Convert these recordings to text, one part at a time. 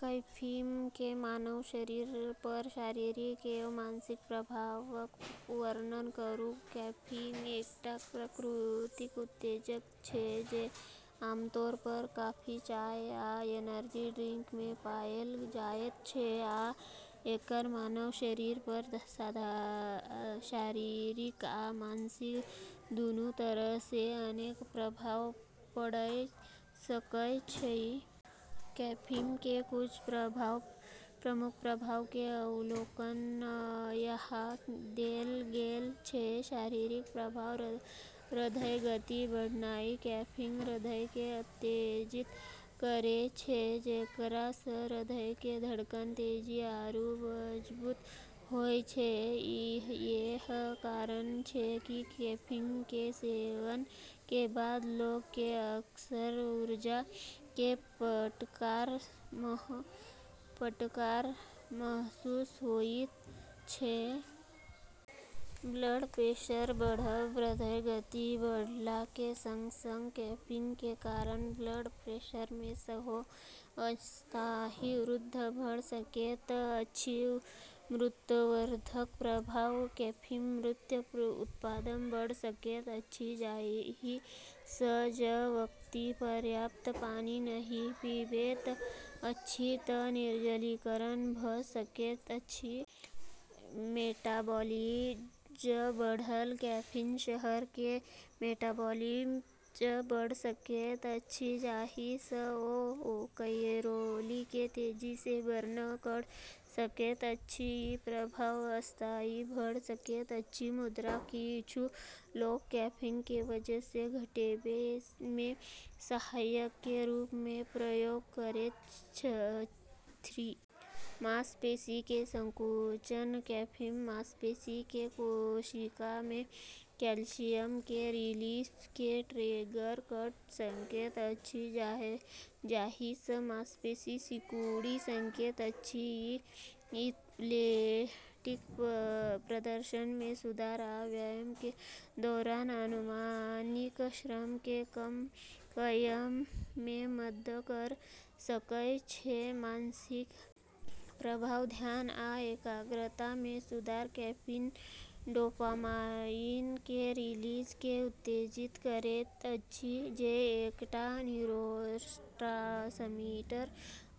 Caffeine के मानव शरीर पर शारीरिक एवं मानसिक प्रभावक वर्णन करू। कैफीन एकटा प्राकृतिक उत्तेजक छै जे आमतौर पर कॉफी, चाय, आ एनर्जी ड्रिंक मे पाएल जाइत छै, आ एकर मानव शरीर पर शारीरिक आ मानसिक दूनू तरह सँ अनेक प्रभाव पड़य सकय छै। कैफीन के कुछ प्रमुख प्रभाव के अवलोकन यहाँ देल गेल छै: शारीरिक प्रभाव: हृदय गति बढ़नाइ: कैफीन हृदय के उत्तेजित करै छै, जेकरा सँ हृदय के धड़कन तेज आरू मजबूत होय छै। इएह कारण छै कि कैफीन के सेवन के बाद लोग के अक्सर ऊर्जा के फटकार महसूस होइत छै। ब्लड प्रेशर बढ़ब: हृदय गति बढ़ला के संग-संग कैफीन के कारण ब्लड प्रेशर मे सेहो अस्थायी वृद्धि भऽ सकैत अछि। मूत्रवर्धक प्रभाव: कैफीन मूत्र उत्पादन बढ़ा सकैत अछि, जाहि सँ जँ व्यक्ति पर्याप्त पानी नहि पीबैत अछि तँ निर्जलीकरण भ' सकैत अछि। मेटाबॉलिज्म बढ़ल: कैफीन शरीर के मेटाबॉलिज्म बढ़ा सकैत अछि, जाहि सँ ओ कैलोरी के तेजी सँ बर्न कऽ सकैत अछि। ई प्रभाव अस्थायी भऽ सकैत अछि, मुदा किछु लोक कैफीन के वजन घटबै मे सहायक के रूप मे प्रयोग करैत छथि। मांसपेशी के संकुचन: कैफीन मांसपेशी के कोशिका मे कैल्शियम के रिलीज के ट्रिगर कऽ सकैत अछि, जाहि सँ मांसपेशी सिकुड़ि सकैत अछि। ई एथलेटिक प्रदर्शन मे सुधार आ व्यायाम के दौरान अनुमानित श्रम के कम करय मे मदद कऽ सकय छै। मानसिक प्रभाव: ध्यान आ एकाग्रता मे सुधार: कैफीन डोपामाइन के रिलीज के उत्तेजित करैत अछि, जे एकटा न्यूरोट्रांसमीटर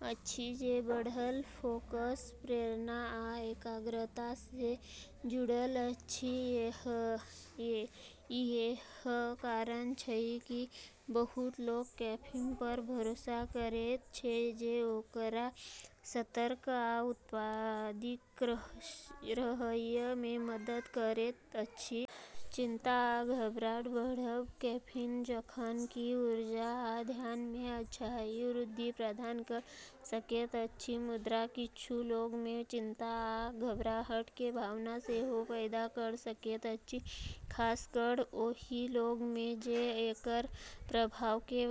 अछि जे बढ़ल फोकस, प्रेरणा, आ एकाग्रता सँ जुड़ल अछि। इएह कारण छै कि बहुत लोक कैफीन पर भरोसा करैत छै जे ओकरा सतर्क आ उत्पादक रहय मे मदद करैत अछि। चिंता आ घबराहट बढ़ब: कैफीन जखन कि ऊर्जा आ ध्यान मे अस्थायी वृद्धि प्रदान कऽ सकैत अछि, मुदा किछु लोक मे चिंता आ घबराहट के भावना सेहो पैदा कऽ सकैत अछि, खास कऽ ओहि लोक मे जे एकर प्रभाव के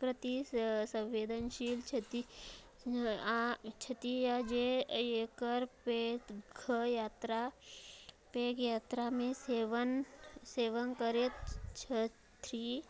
प्रति संवेदनशील छथि या जे एकर पैघ मात्रा मे सेवन करैत छथि।